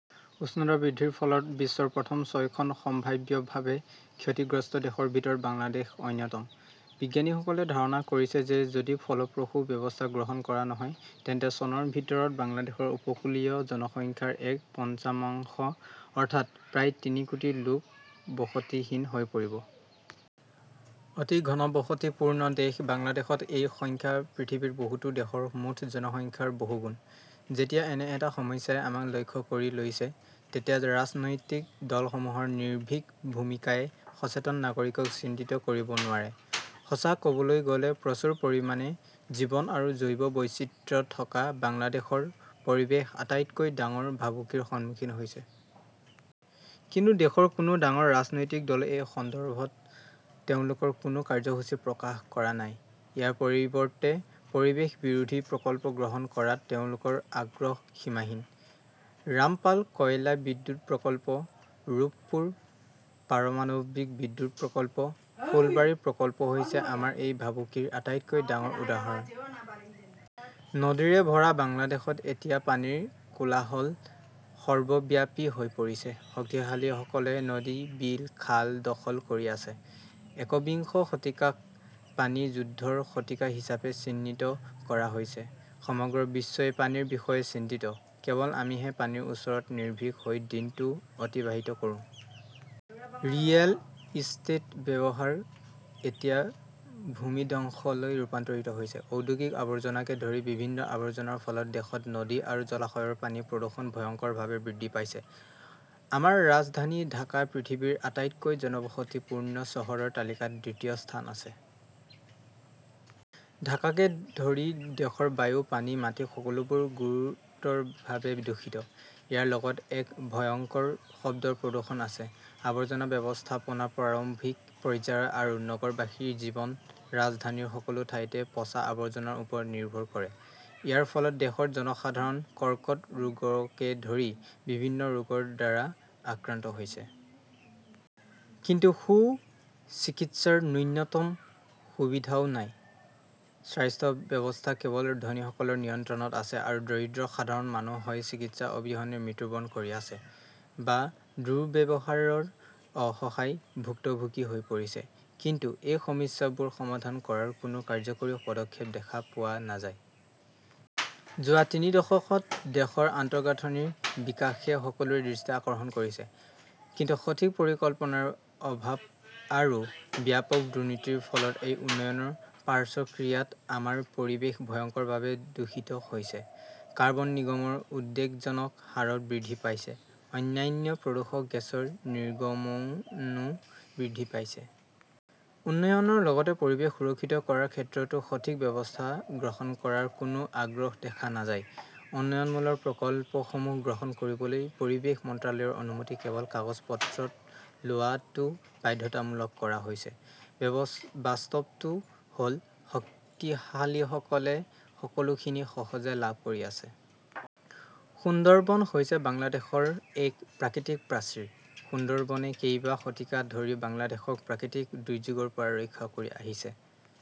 উষ্ণতা বৃদ্ধিৰ ফলত বিশ্বৰ প্ৰথম ছয়খন সম্ভাৱ্যভাৱে ক্ষতিগ্ৰস্ত দেশৰ ভিতৰত বাংলাদেশ অন্যতম। বিজ্ঞানীসকলে ধাৰণা কৰিছে যে যদি ফলপ্ৰসূ ব্যৱস্থা গ্ৰহণ কৰা নহয় তেন্তে চনৰ ভিতৰত বাংলাদেশৰ উপকূলীয় জনসংখ্যাৰ এক পঞ্চমাংশ, অৰ্থাৎ প্ৰায় তিনি কোটি লোক বসতিহীন হৈ পৰিব। অতি ঘনবসতিপূৰ্ণ দেশ বাংলাদেশত এই সংখ্যা পৃথিৱীৰ বহুতো দেশৰ মুঠ জনসংখ্যাৰ বহুগুণ। যেতিয়া এনে এটা সমস্যাই আমাক লক্ষ্য কৰি লৈছে, তেতিয়া ৰাজনৈতিক দলসমূহৰ নিৰ্ভীক ভূমিকাই সচেতন নাগৰিকক চিন্তিত কৰিব নোৱাৰে। সঁচা কবলৈ গ'লে, প্ৰচুৰ পৰিমাণে জীৱন আৰু জৈৱ বৈচিত্ৰ্যথকা বাংলাদেশৰ পৰিৱেশ আটাইতকৈ ডাঙৰ ভাবুকিৰ সন্মুখীন হৈছে। কিন্তু দেশৰ কোনো ডাঙৰ ৰাজনৈতিক দলে এই সন্দৰ্ভত তেওঁলোকৰ কোনো কাৰ্যসূচী প্ৰকাশ কৰা নাই। ইয়াৰ পৰিৱৰ্তে পৰিৱেশ বিৰোধী প্ৰকল্প গ্ৰহণ কৰাত তেওঁলোকৰ আগ্ৰহ সীমাহীন। ৰামপাল কয়লা বিদ্যুৎ প্ৰকল্প, ৰূপপুৰ পাৰমাণৱিক বিদ্যুৎ প্ৰকল্প, ফুলবাৰী প্ৰকল্প হৈছে আমাৰ এই ভাবুকিৰ আটাইতকৈ ডাঙৰ উদাহৰণ। নদীৰে ভৰা বাংলাদেশত এতিয়া পানীৰ কোলাহল সৰ্বব্যাপী হৈ পৰিছে। শক্তিশালীসকলে নদী, বিল, খাল দখল কৰি আছে। একবিংশ শতিকাক পানী যুদ্ধৰ শতিকা হিচাপে চিহ্নিত কৰা হৈছে। সমগ্ৰ বিশ্বই পানীৰ বিষয়ে চিন্তিত। কেৱল আমিহে পানীৰ ওপৰত নিৰ্ভীক হৈ দিনটো অতিবাহিত কৰোঁ! ৰিয়েল ইষ্টেট ব্যৱসায় এতিয়া ভূমিধ্বসলৈ ৰূপান্তৰিত হৈছে। ঔদ্যোগিক আৱৰ্জনাকে ধৰি বিভিন্ন আৱৰ্জনাৰ ফলত দেশত নদী আৰু জলাশয়ৰ পানীৰ প্ৰদূষণ ভয়ংকৰভাৱে বৃদ্ধি পাইছে। আমাৰ ৰাজধানী ঢাকা পৃথিৱীৰ আটাইতকৈ জনবসতিপূৰ্ণ চহৰৰ তালিকাত দ্বিতীয় স্থানত আছে। ঢাকাকে ধৰি দেশৰ বায়ু, পানী, মাটি-সকলোবোৰ গুৰুতৰভাৱে দূষিত। ইয়াৰ লগত এক ভয়ংকৰ শব্দ প্ৰদূষণ আছে। আৱৰ্জনা ব্যৱস্থাপনা প্ৰাৰম্ভিক পৰ্যায়ৰ আৰু নগৰবাসীৰ জীৱন ৰাজধানীৰ সকলো ঠাইতে পচা আৱৰ্জনাৰ ওপৰত নিৰ্ভৰ কৰে। ইয়াৰ ফলত দেশৰ জনসাধাৰণ কৰ্কট ৰোগকে ধৰি বিভিন্ন ৰোগৰ দ্বাৰা আক্ৰান্ত হৈছে। কিন্তু সু-চিকিৎসাৰ ন্যূনতম সুবিধাও নাই। স্বাস্থ্য ব্যৱস্থা কেৱল ধনীসকলৰ নিয়ন্ত্ৰণত আছে আৰু দৰিদ্ৰ সাধাৰণ মানুহ হয় চিকিৎসা অবিহনে মৃত্যুবৰণ কৰি আছে, বা দুৰ্ব্যৱহাৰৰ অসহায় ভুক্তভোগী হৈ পৰিছে। কিন্তু এই সমস্যাবোৰ সমাধান কৰাৰ কোনো কাৰ্যকৰী পদক্ষেপ দেখা পোৱা নাযায়। যোৱা তিনি দশকত দেশৰ আন্তঃগাঁথনিৰ বিকাশে সকলোৰে দৃষ্টি আকৰ্ষণ কৰিছে। কিন্তু সঠিক পৰিকল্পনাৰ অভাৱ আৰু ব্যাপক দুৰ্নীতিৰ ফলত এই উন্নয়নৰ পাৰ্শ্বক্ৰিয়াত আমাৰ পৰিৱেশ ভয়ংকৰভাৱে দূষিত হৈছে। কাৰ্বন নিৰ্গমন উদ্বেগজনক হাৰত বৃদ্ধি পাইছে। অন্যান্য প্ৰদূষক গেছৰ নিৰ্গমনও বৃদ্ধি পাইছে। উন্নয়নৰ লগতে পৰিৱেশ সুৰক্ষিত কৰাৰ ক্ষেত্ৰতো সঠিক ব্যৱস্থা গ্ৰহণ কৰাৰ কোনো আগ্ৰহ দেখা নাযায়। উন্নয়নমূলক প্ৰকল্পসমূহ গ্ৰহণ কৰিবলৈ পৰিৱেশ মন্ত্ৰালয়ৰ অনুমতি কেৱল কাগজ-পত্ৰত লোৱাটো বাধ্যতামূলক কৰা হৈছে। বাস্তৱটো হ 'ল, শক্তিশালীসকলে সকলোখিনি সহজে লাভ কৰি আছে। সুন্দৰবন হৈছে বাংলাদেশৰ এক প্ৰাকৃতিক প্ৰাচীৰ। সুন্দৰবনে কেইবা শতিকা ধৰি বাংলাদেশক প্ৰাকৃতিক দুৰ্যোগৰ পৰা ৰক্ষা কৰি আহিছে।